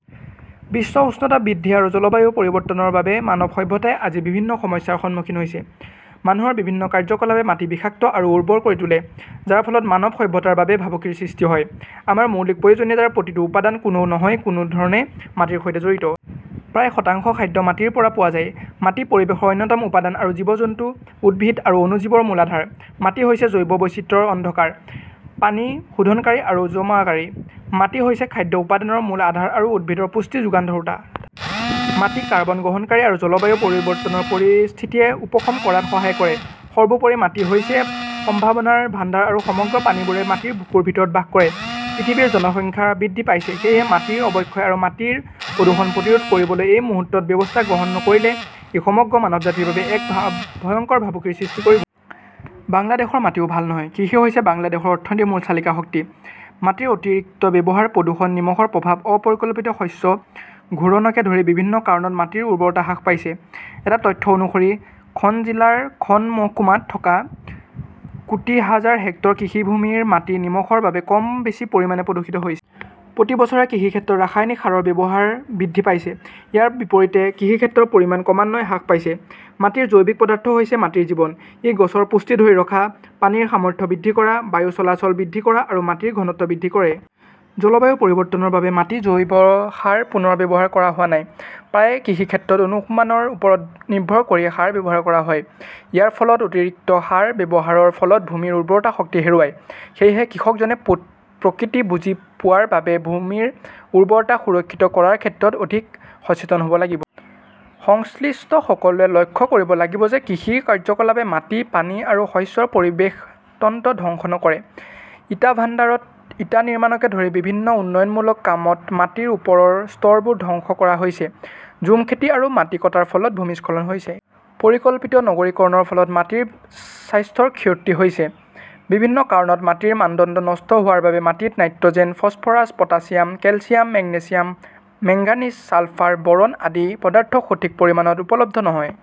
বিশ্ব উষ্ণতা বৃদ্ধি আৰু জলবায়ু পৰিৱৰ্তনৰ বাবে মানৱ সভ্যতাই আজি বিভিন্ন সমস্যাৰ সন্মুখীন হৈছে। মানুহৰ বিভিন্ন কাৰ্যকলাপে মাটি বিষাক্ত আৰু উৰ্বৰ কৰি তোলে, যাৰ ফলত মানৱ সভ্যতাৰ বাবে ভাবুকিৰ সৃষ্টি হয়। আমাৰ মৌলিক প্ৰয়োজনীয়তাৰ প্ৰতিটো উপাদান কোনো নহয় কোনো ধৰণে মাটিৰ সৈতে জড়িত। প্ৰায় শতাংশ খাদ্য মাটিৰ পৰা পোৱা যায়। মাটি পৰিৱেশৰ অন্যতম উপাদান আৰু জীৱ-জন্তু, উদ্ভিদ আৰু অণুজীৱৰ মূল আধাৰ। মাটি হৈছে জৈৱ বৈচিত্ৰ্যৰ অন্ধকাৰ, পানী শোধনকাৰী আৰু জমাকাৰী। মাটি হৈছে খাদ্য উৎপাদনৰ মূল আধাৰ আৰু উদ্ভিদৰ পুষ্টি যোগান ধৰোঁতা। মাটি কাৰ্বন গ্ৰহণকাৰী আৰু জলবায়ু পৰিৱৰ্তনৰ পৰিস্থিতিয়ে উপশম কৰাত সহায় কৰে। সৰ্বোপৰি, মাটি হৈছে সম্ভাৱনাৰ ভাণ্ডাৰ আৰু সমগ্ৰ প্ৰাণীবোৰে মাটিৰ বুকুৰ ভিতৰত বাস কৰে। পৃথিৱীৰ জনসংখ্যা বৃদ্ধি পাইছে। সেয়েহে মাটিৰ অৱক্ষয় আৰু মাটিৰ প্ৰদূষণ প্ৰতিৰোধ কৰিবলৈ এই মুহূৰ্তত ব্যৱস্থা গ্ৰহণ নকৰিলে ই সমগ্ৰ মানৱজাতিৰ বাবে এক ভয়ংকৰ ভাবুকিৰ সৃষ্টি কৰিব। বাংলাদেশৰ মাটিও ভাল নহয়। কৃষি হৈছে বাংলাদেশৰ অৰ্থনীতিৰ মূল চালিকা শক্তি। মাটিৰ অতিৰিক্ত ব্যৱহাৰ, প্ৰদূষণ, নিমখৰ প্ৰভাৱ, অ-পৰিকল্পিত শস্য ঘূৰণকে ধৰি বিভিন্ন কাৰণত মাটিৰ উৰ্বৰতা হ্ৰাস পাইছে। এটা তথ্য অনুসৰি, খন জিলাৰ খন মহকুমাত থকা কোটি হাজাৰ হেক্টৰ কৃষিভূমিৰ মাটি নিমখৰ বাবে কম বেছি পৰিমাণে প্ৰদূষিত হৈছে। প্ৰতি বছৰে কৃষিক্ষেত্ৰত ৰাসায়নিক সাৰৰ ব্যৱহাৰ বৃদ্ধি পাইছে, ইয়াৰ বিপৰীতে কৃষিক্ষেত্ৰৰ পৰিমাণ ক্ৰমান্বয়ে হ্ৰাস পাইছে। মাটিৰ জৈৱিক পদাৰ্থ হৈছে মাটিৰ জীৱন। ই গছৰ পুষ্টি ধৰি ৰখা, পানীৰ সামৰ্থ্য বৃদ্ধি কৰা, বায়ু চলাচল বৃদ্ধি কৰা আৰু মাটিৰ ঘনত্ব বৃদ্ধি কৰে। জলবায়ু পৰিৱৰ্তনৰ বাবে মাটিত জৈৱ সাৰ পুনৰ্ব্যৱহাৰ কৰা হোৱা নাই। প্ৰায়ে কৃষিক্ষেত্ৰত অনুমানৰ ওপৰত নিৰ্ভৰ কৰি সাৰ ব্যৱহাৰ কৰা হয়। ইয়াৰ ফলত অতিৰিক্ত সাৰ ব্যৱহাৰৰ ফলত ভূমিৰ উৰ্বৰতা শক্তি হেৰুৱায়। সেয়েহে কৃষকজনে প্ৰকৃতি বুজি পোৱাৰ বাবে ভূমিৰ উৰ্বৰতা সুৰক্ষিত কৰাৰ ক্ষেত্ৰত অধিক সচেতন হ 'ব লাগিব। সংশ্লিষ্ট সকলোৱে লক্ষ্য কৰিব লাগিব যে কৃষি কাৰ্যকলাপে মাটি, পানী আৰু শস্যৰ পৰিৱেশ তন্ত্ৰ ধ্বংস নকৰে। ইটা ভাণ্ডাৰত ইটা নিৰ্মাণকে ধৰি বিভিন্ন উন্নয়নমূলক কামত মাটিৰ ওপৰৰ স্তৰবোৰ ধ্বংস কৰা হৈছে। ঝুম খেতি আৰু মাটি কটাৰ ফলত ভূমিস্খলন হৈছে। পৰিকল্পিত নগৰীকৰণৰ ফলত মাটিৰ স্বাস্থ্যৰ ক্ষতি হৈছে। বিভিন্ন কাৰণত মাটিৰ মানদণ্ড নষ্ট হোৱাৰ বাবে মাটিত nitrogen, phosphorus, potassium, calcium, magnesium, manganese, sulphur, boron আদি পদাৰ্থ সঠিক পৰিমাণত উপলব্ধ নহয়।